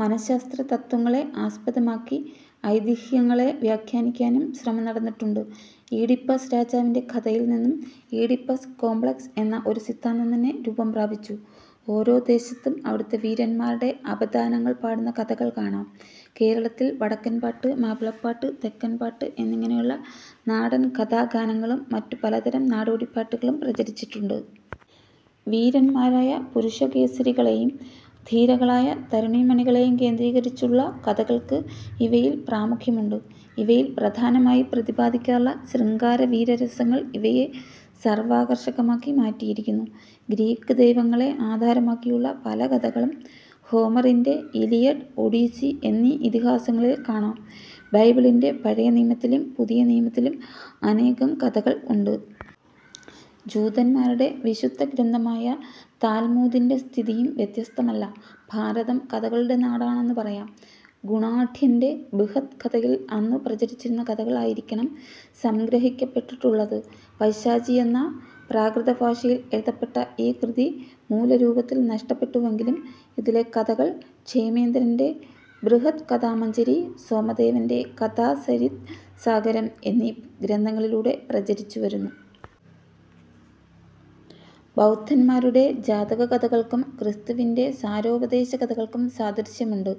മനഃശാസ്ത്ര തത്ത്വങ്ങളെ ആസ്പദമാക്കി ഐതിഹ്യങ്ങളെ വ്യാഖ്യാനിക്കാനും ശ്രമം നടന്നിട്ടുണ്ട്. ഈഡിപ്പസ് രാജാവിന്റെ കഥയിൽനിന്ന് ഈഡിപ്പസ് കോമ്പ്ലക്സ് എന്ന ഒരു സിദ്ധാന്തം തന്നെ രൂപം പ്രാപിച്ചു. ഓരോ ദേശത്തും അവിടത്തെ വീരന്മാരുടെ അപദാനങ്ങൾ പാടുന്ന കഥകൾ കാണാം. കേരളത്തിൽ വടക്കൻപാട്ട്, മാപ്പിളപ്പാട്ട്, തെക്കൻപാട്ട് എന്നിങ്ങനെയുള്ള നാടൻ കഥാഗാനങ്ങളും മറ്റ് പലതരം നാടോടിപാട്ടുകളും പ്രചരിച്ചിട്ടുണ്ട്. വീരന്മാരായ പുരുഷകേസരികളേയും ധീരകളായ തരുണീമണികളെയും കേന്ദ്രീകരിച്ചുള്ള കഥകൾക്ക് ഇവയിൽ പ്രാമുഖ്യമുണ്ട്. ഇവയിൽ പ്രധാനമായി പ്രതിപദിക്കാറുള്ള ശൃംഗാരവീര രസങ്ങൾ ഇവയെ സർവാകർഷകമാക്കി മാറ്റിയിരിക്കുന്നു. ഗ്രീക്കുദൈവങ്ങളെ ആധാരമാക്കിയുള്ള പലകഥകളും ഹോമറിന്റെ ഇലിയഡ്, ഒഡീസി എന്നീ ഇതിഹാസങ്ങളിൽ കാണാം. ബൈബിളിന്റെ പഴയ നിയമത്തിലും പുതിയ നിയമത്തിലും അനേകം കഥകൾ ഉണ്ട്. ജൂതന്മാരുടെ വിശുദ്ധഗ്രന്ഥമായ താൽമൂദിന്റെ സ്ഥിതിയും വ്യത്യസ്തമല്ല. ഭാരതം കഥകളുടെ നാടാണെന്നു പറയാം. ഗുണാഢ്യന്റെ ബൃഹത്കഥയിൽ അന്നു പ്രചരിച്ചിരുന്ന കഥകൾ ആയിരിക്കണം സംഗ്രഹിക്കപ്പെട്ടിട്ടുള്ളത്. പൈശാചിയെന്ന പ്രാകൃതഭാഷയിൽ എഴുതപ്പെട്ട ഈ കൃതി മൂലരൂപത്തിൽ നഷ്ടപ്പെട്ടുവെങ്കിലും ഇതിലെ കഥകൾ ക്ഷേമേന്ദ്രന്റെ ബൃഹത്കഥാമഞ്ജരി, സോമദേവന്റെ കഥാസരിത് സാഗരം എന്നീ ഗ്രന്ഥങ്ങളിലൂടെ പ്രചരിച്ചുവരുന്നു. ബൗദ്ധന്മാരുടെ ജാതകകഥകൾക്കും' ക്രിസ്തുവിന്റെ സാരോപദേശ കഥകൾക്കും സാദൃശ്യമുണ്ട്.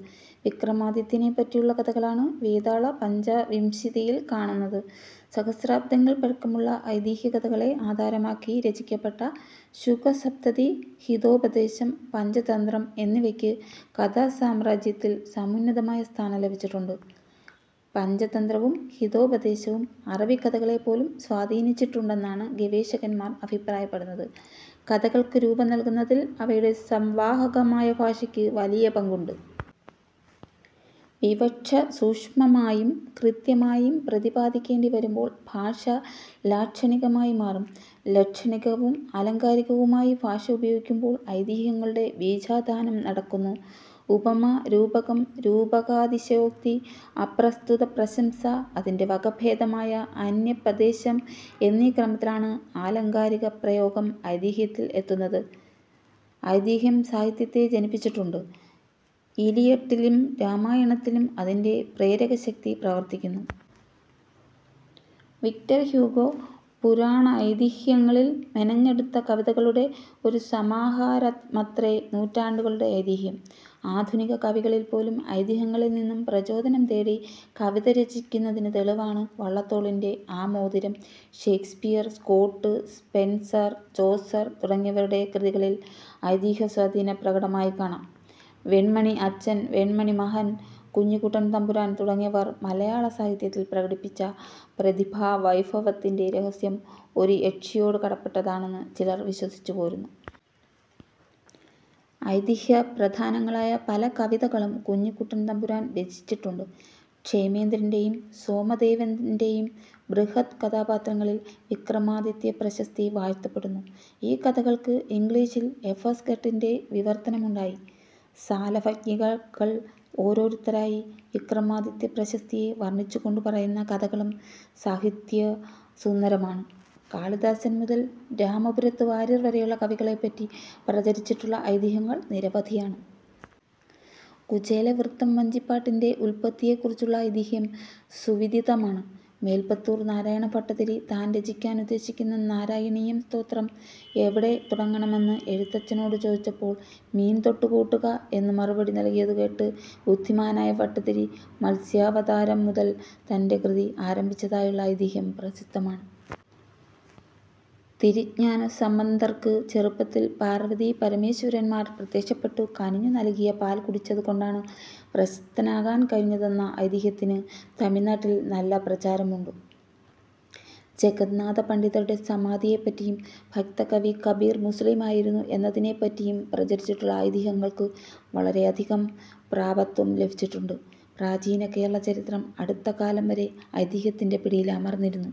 വിക്രമാദിത്യനെപ്പറ്റിയുള്ള കഥകളാണ് വേതാള പഞ്ചവിംശതിയിൽ കാണുന്നത്. സഹസ്രാബ്ദങ്ങൾ പഴക്കമുള്ള ഐതിഹ്യ കഥകളെ ആധാരമാക്കി രചിക്കപ്പെട്ട ശുകസപ്തതി, ഹിതോപദേശം, പഞ്ചതന്ത്രം എന്നിവക്ക് കഥാസാമ്രാജ്യത്തിൽ സമുന്നതമായ സ്ഥാനം ലഭിച്ചിട്ടുണ്ട്. പഞ്ചതന്ത്രവും ഹിതോപദേശവും അറബികഥകളെപ്പോലും സ്വാധീനിച്ചിട്ടുണ്ടെന്നാണ് ഗവേഷകന്മാർ അഭിപ്രായപ്പെടുന്നത്. കഥകൾക്കു രൂപം നൽകുന്നതിൽ അവയുടെ സംവാഹകമായ ഭാഷയ്ക്കു വലിയ പങ്കുണ്ട്. വിവക്ഷ സൂക്ഷ്മമായും കൃത്യമായും പ്രതിപാദിക്കേണ്ടി വരുമ്പോൾ ഭാഷ ലാക്ഷണികമായി മാറും. ലക്ഷണികവും ആലങ്കാരികവുമായി ഭാഷ ഉപയോഗിക്കുമ്പോൾ ഐതിഹ്യങ്ങളുടെ ബീജാധാനം നടക്കുന്നു. ഉപമ, രൂപകം, രൂപകാതിശയോക്തി, അപ്രസ്തുത പ്രശംസ, അതിന്റെ വകഭേദമായ അന്യാപദേശം എന്നീ ക്രമത്തിലാണ് ആലങ്കാരിക പ്രയോഗം ഐതിഹ്യത്തിൽ എത്തുന്നത്. ഐതിഹ്യം സാഹിത്യത്തെ ജനിപ്പിച്ചിട്ടുണ്ട്. 'ഇലിയട്ടിലും രാമായണത്തിലും അതിന്റെ പ്രേരകശക്തി പ്രവർത്തിക്കുന്നു. വിക്ടർഹ്യൂഗൊ പുരാണൈതിഹ്യങ്ങളിൽ മെനഞ്ഞെടുത്ത കവിതകളുടെ ഒരു സമാഹാരമത്രേ നൂറ്റാണ്ടുകളുടെ ഐതിഹ്യം. ആധുനിക കവികൾപോലും ഐതിഹ്യങ്ങളിൽ നിന്നും പ്രചോദനം നേടി കവിത രചിക്കുന്നതിനു തെളിവാണ് വള്ളത്തോളിന്റെ ആ മോതിരം. ഷേക്സ്പിയർ, സ്കോട്ട്, സ്പെൻസർ, ചോസർ തുടങ്ങിയവരുടെ കൃതികളിൽ ഐതിഹ്യസ്വാധീനത പ്രകടമായി കാണാം. വെണ്മണി അച്ഛൻ, വെണ്മണി മഹൻ, കുഞ്ഞിക്കുട്ടൻതമ്പുരാൻ തുടങ്ങിയവർ മലയാളസാഹിത്യത്തിൽ പ്രകടിപ്പിച്ച പ്രതിഭാവൈഭവത്തിന്റെ രഹസ്യം ഒരു യക്ഷിയോടു കടപ്പെട്ടതാണെന്നു ചിലർ വിശ്വസിച്ചു പോരുന്നു. ഐതിഹ്യ പ്രധാനങ്ങളായ പല കവിതകളും കുഞ്ഞിക്കുട്ടൻതമ്പുരാൻ രചിച്ചിട്ടുണ്ട്. ക്ഷേമേന്ദ്രന്റെയും സോമദേവന്റെയും ബൃഹത് കഥാപാത്രങ്ങളിൽ വിക്രമാദിത്യ പ്രശസ്തി വാഴ്ത്തപ്പെടുന്നു. ഈ കഥകൾക്ക് ഇംഗ്ലീഷിൽ എഫ്. എസ്. ഗർട്ടിന്റെ വിവർത്തനമുണ്ടായി. സാലഭഞ്ജികകൾ ഓരോരുത്തരായി വിക്രമാതിത്യ പ്രശസ്തിയെ വർണിച്ചുകൊണ്ടു പറയുന്ന കഥകളും സാഹിത്യ സുന്ദരമാണ്. കാളിദാസൻ മുതൽ രാമപുരത്തു വാരിയർ വരെയുള്ള കവികളെപ്പറ്റി പ്രചരിപ്പിച്ചിട്ടുള്ള ഐതിഹ്യങ്ങൾ നിരവധിയാണ്. കുചേലവൃത്തം വഞ്ചിപ്പാട്ടിന്റെ ഉത്പത്തിയെ കുറിച്ചുള്ള ഐതിഹ്യം സുവിദിതമാണ്. മേല്പുത്തൂർ നാരായണ ഭട്ടതിരി താൻ രചിക്കാൻ ഉദ്ദേശിക്കുന്ന നാരായണീയം സ്തോത്രം എവിടെ തുടങ്ങണമെന്ന് എഴുത്തച്ഛനോടു ചോദിച്ചപ്പോൾ മീൻ തൊട്ടു കൂട്ടുക എന്നു മറുപടി നൽകിയതു കേട്ട് ബുദ്ധിമാനായ ഭട്ടതിരി മത്സ്യാവതാരം മുതൽ തന്റെ കൃതി ആരംഭിച്ചതായുള്ള ഐതിഹ്യം പ്രസിദ്ധമാണ്. തിരുഞ്ജാന സംബന്ധർക്ക് ചെറുപ്പത്തിൽ പാർവതീപരമേശ്വരന്മാർ പ്രത്യക്ഷപ്പെട്ടു കനിഞ്ഞു നൽകിയ പാൽ കുടിച്ചതു കൊണ്ടാണ് പ്രശസ്തനാകാൻ കഴിഞ്ഞതെന്ന ഐതിഹ്യത്തിന് തമിഴ് നാട്ടിൽ നല്ല പ്രചാരമുണ്ട്. ജഗന്നാഥപണ്ഡിതരുടെ സമാധിയെപ്പറ്റിയും ഭക്തകവി കബീർ മുസ്ലിം ആയിരുന്നു എന്നതിനെപ്പറ്റിയും പ്രചരിച്ചിട്ടുള്ള ഐതിഹ്യങ്ങൾക്കു വളരെയധികം വ്യാപത്വം ലഭിച്ചിട്ടുണ്ട്. പ്രാചീന കേരളചരിത്രം അടുത്തകാലം വരെ ഐതിഹ്യത്തിന്റെ പിടിയിലമർന്നിരുന്നു.